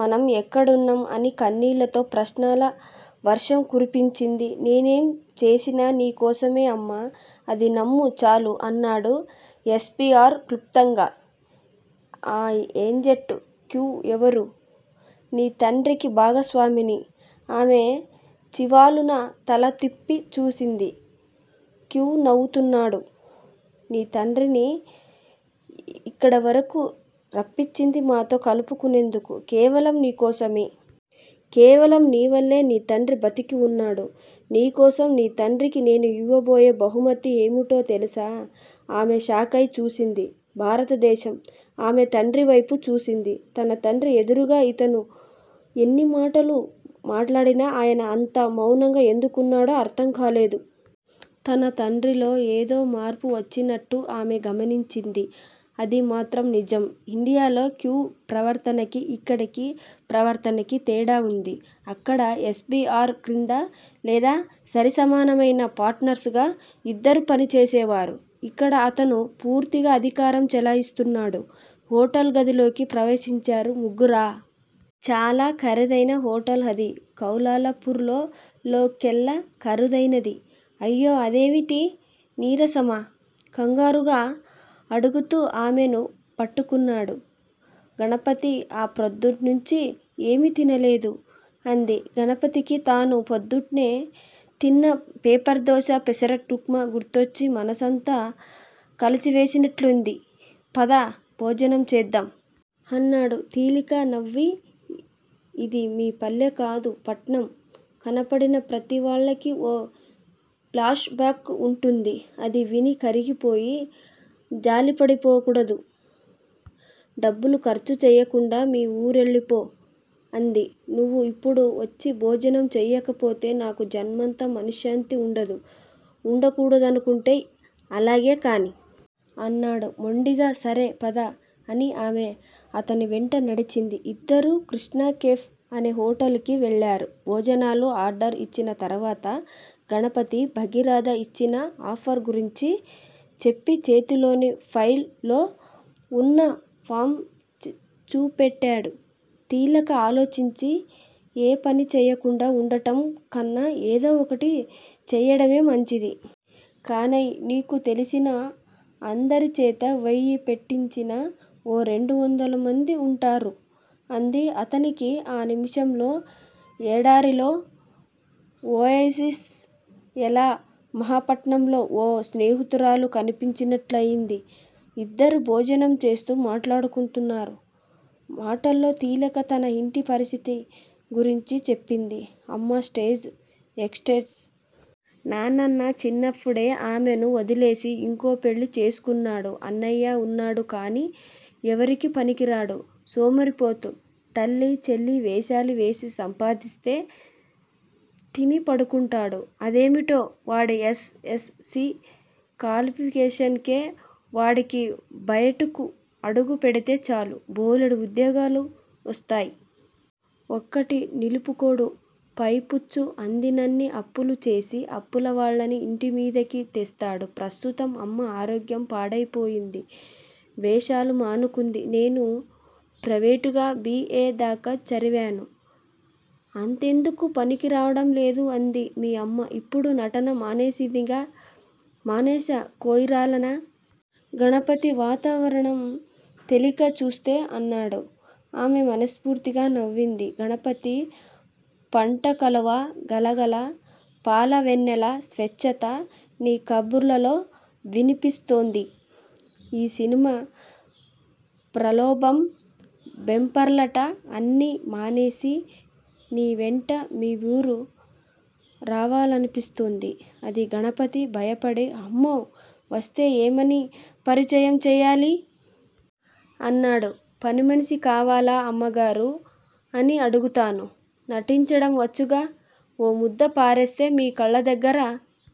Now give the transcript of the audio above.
మనం ఎక్కడున్నాం? అని కన్నీళ్ళతో ప్రశ్నల వర్షం కురిపించింది. నేనేం చేసినా నీ కోసమే అమ్మా! అది నమ్ము చాలు అన్నాడు యస్బీఆర్ క్లుప్తంగా. ఆ ఏజెంట్ క్యూ ఎవరు? నీ తండ్రికి భాగస్వామిని. ఆమె చివాలున తల తిప్పి చూసింది. క్యూ నవ్వుతున్నాడు. నీ తండ్రిని ఇక్కడవరకూ రప్పించి మాతో కలుపుకున్నది కేవలం నీ కోసమే. కేవలం నీ వల్లే నీ తండ్రి బ్రతికి వున్నాడు. నీ కోసం నీ తండ్రికి నేను ఇవ్వబోయే బహుమతి ఏమిటో తెలుసా? ఆమె షాకై చూసింది. భారతదేశం. ఆమె తండ్రివైపు చూసింది. తన తండ్రి ఎదురుగా ఇతను ఇన్ని మాటలు మాట్లాడినా ఆయన అంత మౌనంగా ఎందుకుకున్నాడో అర్థం కాలేదు. తన తండ్రిలో ఏదో మార్పు వచ్చినట్టు ఆమె గమనించింది. అది మాత్రం నిజం. ఇండియాలో 'క్యూ' ప్రవర్తనకీ ఇక్కడి ప్రవర్తనకీ తేడా వుంది. అక్కడ యస్బీఆర్ క్రింద- లేదా- సరిసమానమైన పార్ట్నర్స్ గా ఇద్దరూ పని చేసేవారు. ఇక్కడ అతను పూర్తిగా అధికారం చెలాయిస్తున్నాడు. హోటల్ గదిలోకి ప్రవేశించారు ముగ్గురూ. చాలా ఖరీదైన హోటల్ అది. కౌలాలంపూర్ లో కెల్లా ఖరీదైనది.। అయ్యో అదేవిటీ? నీరసమా? కంగారుగా అడుగుతూ ఆమెను పట్టుకున్నాడు గణపతి. ఆఁ పొద్దుట్నుంచీ ఏమీ తినలేదు! అంది. గణపతికి తను పొద్దుటే తిన్న పేపర్ దోస, పెసరట్టుప్మా గుర్తొచ్చి మనసంతా కలచివేసినట్లయింది. పద, భోజనం చేద్దాం! అన్నాడు. తిలక నవ్వి, ఇది మీ పల్లెకాదు. పట్నం! కనపడిన ప్రతివాళ్ళకీ ఓ ఫ్లాష్ బాక్ వుంటుంది. అది విని కరిగిపోయి జాలిపడిపోకూడదు! డబ్బులు ఖర్చు చేయకుండా మీ ఊరెళ్ళిపో! అంది. నువ్వు ఇప్పుడు వచ్చి భోజనం చెయ్యకపోతే నాకు జన్మంతా మనశ్శాంతి ఉండదు! ఉండకూడదనుకుంటే అలాగే కానీ! అన్నాడు మొండిగా. సరే పద! అని ఆమె అతని వెంట నడిచింది. ఇద్దరూ కృష్టా కేఫ్ అనే హోటల్ కి వెళ్ళారు. భోజనాలు ఆర్డర్ ఇచ్చిన తర్వాత గణపతి భగీరథ ఇచ్చిన ఆఫర్ గురించి చెప్పి చేతిలోని ఫైల్ లో ఉన్న ఫామ్స్ చూపెట్టాడు. తిలక ఆలోచించి ఏ పనీ చెయ్యకుండా ఉండటం కన్నా ఏదో ఒకటి చెయ్యడమే మంచిది! కానీయ్ నీకు తెలిసిన అందరిచేత వెయ్యి పెట్టించినా ఓ రెండొందలమంది ఉండరూ? అంది. అతనికి ఆ నిమిషంలో ఎడారిలో ఒయాసిస్ లా మహాపట్నంలో ఓ స్నేహితురాలు కనిపించినట్లయింది. ఇద్దరూ భోజనం చేస్తూ మాట్లాడుకున్నారు. మాటల్లో తిలక తన ఇంటి పరిస్థితి గురించి చెప్పింది. అమ్మ స్టేజ్ ఎక్ట్రస్. నన్నానా చిన్నప్పుడే ఆమెను వదిలేసి ఇంకో పెళ్ళి చేసుకున్నాడు. అన్నయ్య ఉన్నాడు కానీ, ఎవరికీ పనికిరాడు! సోమరిపోతు తల్లీ, చెల్లీ వేషాలు వేసి సంపాదించి తెస్తే తిని పడుకుంటాడు. అదేమిటో వాడి ఎస్. ఎస్. సి. క్వాలిఫీకేషన్ కే వాడికి బయటకు అడుగు పెడితే చాలు బోలెడు ఉద్యోగాలొస్తాయ్. ఒక్కటీ నిలుపుకోడు. పై పెచ్చు అందినన్ని అప్పులు చేసి అప్పులాళ్ళని ఇంటిమీదకి తెస్తాడు. ప్రస్తుతం అమ్మ ఆరోగ్యం పాడయిపోయింది. వేషాలు మానుకుంది. నేను ప్రయివేటుగా బి. ఏ. దాకా చరివాను. అదెందుకూ పనికిరావడం లేదు! అంది. మీ అమ్మ ఇప్పుడు నటన మానేసిందిగా మానేషా కొయిరాలానా? గణపతి వాతావరణం తేలికచేస్తూ అన్నాడు. ఆమె మనస్ఫూర్తిగా నవ్వింది! గణపతీ! పంటకలువ గలగలా, పాల వెన్నెల స్వచ్చతా నీ కబుర్లలో వినిపిస్తోంది. ఈ సినిమా ప్రలోభం వెంపర్లాటా అన్నీ మానేసి నీ వెంట మీ ఊరు రావాలనిపిస్తోంది! అంది. గణపతి భయపడి అమ్మో! వస్తే ఏమని పరిచయం చెయ్యాలి? అన్నాడు. పనిమనిషి కావాలా అమ్మగారూ? అని అడుగుతానూ నటించడం వచ్చుగా! ఓ ముద్ద పారేస్తే మీ కాళ్ళదగ్గర